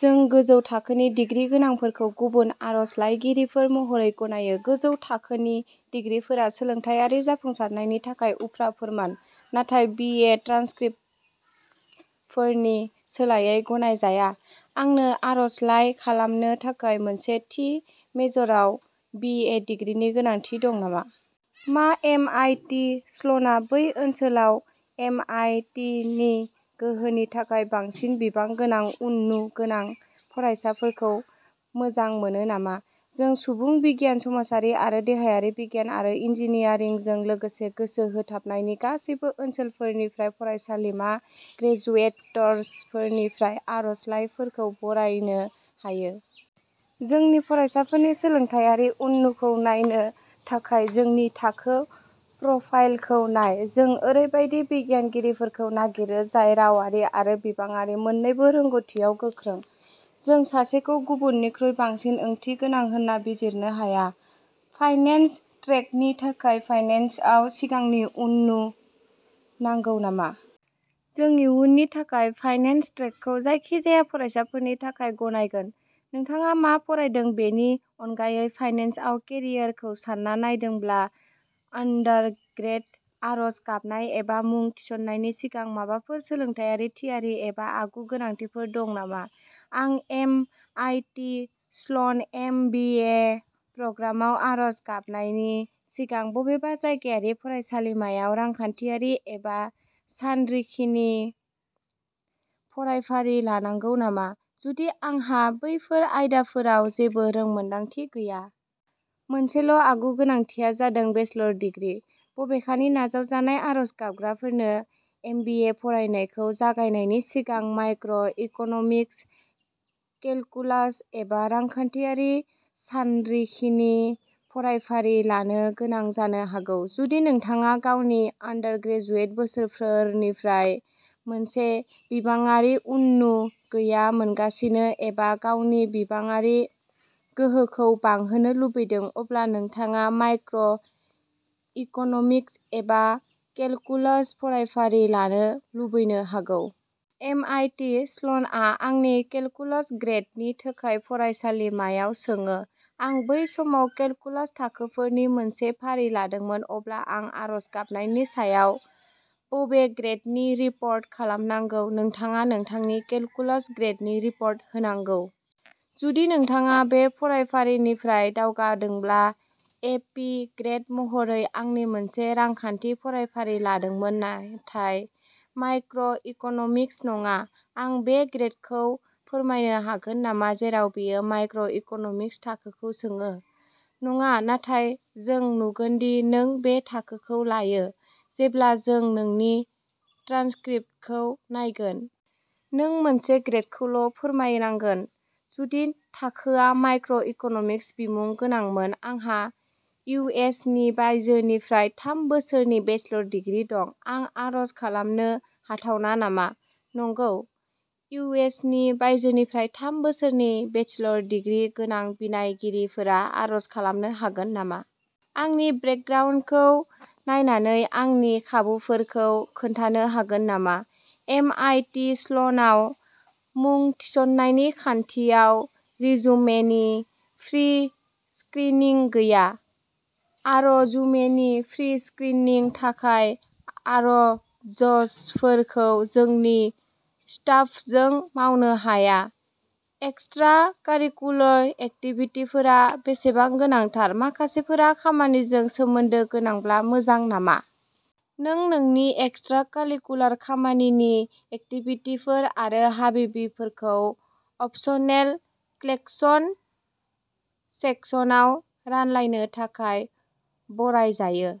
जों गोजौ थाखोनि डिग्रि गोनांफोरखौ गुबुन आर'जलाइगिरिफोर महरै गनायो। गोजौ थाखोनि डिग्रिफोरा सोलोंथायारि जाफुंसारनायनि थाखाय उफ्रा फोरमान, नाथाय बि ए ट्रान्सक्रिप्टफोरनि सोलायै गनायजाया। आंनो आर'जलाइ खालामनो थाखाय मोनसे थि मेजराव बि ए डिग्रीनि गोनांथि दं नामा? मा एम आइ टि स्ल'ना बै ओनसोलाव एम आइ टि नि गोहोनि थाखाय बांसिन बिबां गोनां उननु गोनां फरायसाफोरखौ मोजां मोनो नामा? जों सुबुं बिगियान, समाजारि आरो देहायारि बिगियान आरो इन्जिनियारिंजों लोगोसे गोसो होथाबनायनि गासैबो ओनसोलफोरनिफ्राय फरायसालिमा ग्रेजुएट्सफोरनिफ्राय आर'जलाइफोरखौ बरायनो हायो। जोंनि फरायसाफोरनि सोलोंथायारि उननुखौ नायनो थाखाय जोंनि थाखो प्रफाइलखौ नाय। जों ओरैबायदि बिनायगिरिफोरखौ नागिरो जाय रावारि आरो बिबांआरि मोननैबो रोंग'थियाव गोख्रों। जों सासेखौ गुबुननिख्रुइ बांसिन ओंथिगोनां होन्ना बिजिरनो हाया। फाइनेन्स ट्रेकनि थाखाय फाइनेन्सआव सिगांनि उननु नांगौ नामा? जों इयुननि थाखाय फाइनेन्स ट्रेकखौ जायखिजाया फरायसाफोरनि थाखाय गनायगोन, नोंथाङा मा फरायदों बेनि अनगायै, फाइनेन्सआव केरियारखौ सान्ना नायदोंब्ला। आन्डारग्रेद। आर'ज गाबनाय एबा मुं थिसननायनि सिगां माबाफोर सोलोंथायारि थियारि एबा आगु-गोनांथिफोर दं नामा? आं M I T Sloan M B A प्रग्रामाव आरज गाबनायनि सिगां बबेबा जायगायारि फरायसालिमायाव रांखान्थियारि एबा सानरिखिनि फरायफारि लानांगौ नामा, जुदि आंहा बैफोर आयदाफोराव जेबो रोंमोनदांथि गैया? मोनसेल'आगु-गोनांथिआ जादों बेचलर दिग्रि। बबेखानि, नाजावजानाय आरज गाबग्राफोरनो एम बि ए फरायनायखौ जागायनायनि सिगां माइक्र' इक'नमिक्स, केलकुलास, एबा रांखान्थियारि सानरिखिनि फरायफारि लानो गोनां जानो हागौ। जुदि नोंथाङा गावनि आन्डारग्रेजुएट बोसोरफोरनिफ्राय मोनसे बिबांआरि उननु गैया मोनगासिनो एबा गावनि बिबांआरि गोहोखौ बांहोनो लुबैदों, अब्ला नोंथाङा माइक्र' इक'न'मिक्स एबा केलकुलास फरायफारि लानो लुबैनो हागौ। एम आइ टि स्ल'नआ आंनि केलकुलास ग्रेडनि थाखाय फरायसालिमायाव सोङो। आं बै समाव केलकुलास थाखोफोरनि मोनसे फारि लादोंमोन, अब्ला आं आर'ज गाबनायनि सायाव बबे ग्रेडनि रिपर्ट खालामनांगौ? नोंथाङा नोंथांनि केलकुलास। ग्रेडनि रिपर्ट होनांगौ। जुदि नोंथाङा बे फरायफारिनिफ्राय दावगादोंब्ला, एपि ग्रेड महरै। आं मोनसे रांखान्थि फरायफारि लादोंमोन नाथाय माइक्र' इक'नमिक्स नङा। आं बे ग्रेडखौ फोरमायनो हागोन नामा जेराव बेयो माइक्र' इक'नमिक्स थाखोखौ सोङो? नङा, नाथाय जों नुगोन दि नों बे थाखोखौ लायो जेब्ला जों नोंनि ट्रान्सक्रिप्टखौ नायगोन। नों मोनसे ग्रेदखौल' फोरमायनांगोन जुदि थाखोआ माइक्र' इक'नमिक्स बिमुं गोनांमोन। आंहा इउ एस नि बायजोनिफ्राय थाम बोसोरनि बेचलर डिग्री दं। आं आर'ज खालामनो हाथावना नामा? नंगौ। इउ एस नि बायजोनिफ्राय थाम बोसोरनि बेचलर डिग्री गोनां बिनायगिरिफोरा आर'ज खालामनो हागोन नामा। आंनि बेकग्राउन्डखौ नायनानै आंनि खाबुफोरखौ खोन्थानो हागोन नामा? एम आइ टि स्ल'नाव मुं थिसननायनि खान्थियाव रिजुमेनि प्रि-स्क्रिनिं गैया। आर'जुमेनि प्रि-स्क्रिनिंनि थाखाय आर'ज्सफोरखौ जोंनि स्टाफजों मावनो हाया। एक्सट्रा-कारिकुलार एक्टिभिटिफोरा बेसेबां गोनांथार? माखासेफोरा खामानिजों सोमोन्दो गोनांब्ला मोजां नामा? नों नोंनि एक्सट्रा-कारिकुलार खामानिनि एक्टिभिटिफोर आरो हाबिबिफोरखौ अपसनेल क्वेश्चन सेक्सनाव रानलायनो थाखाय बराय जायो।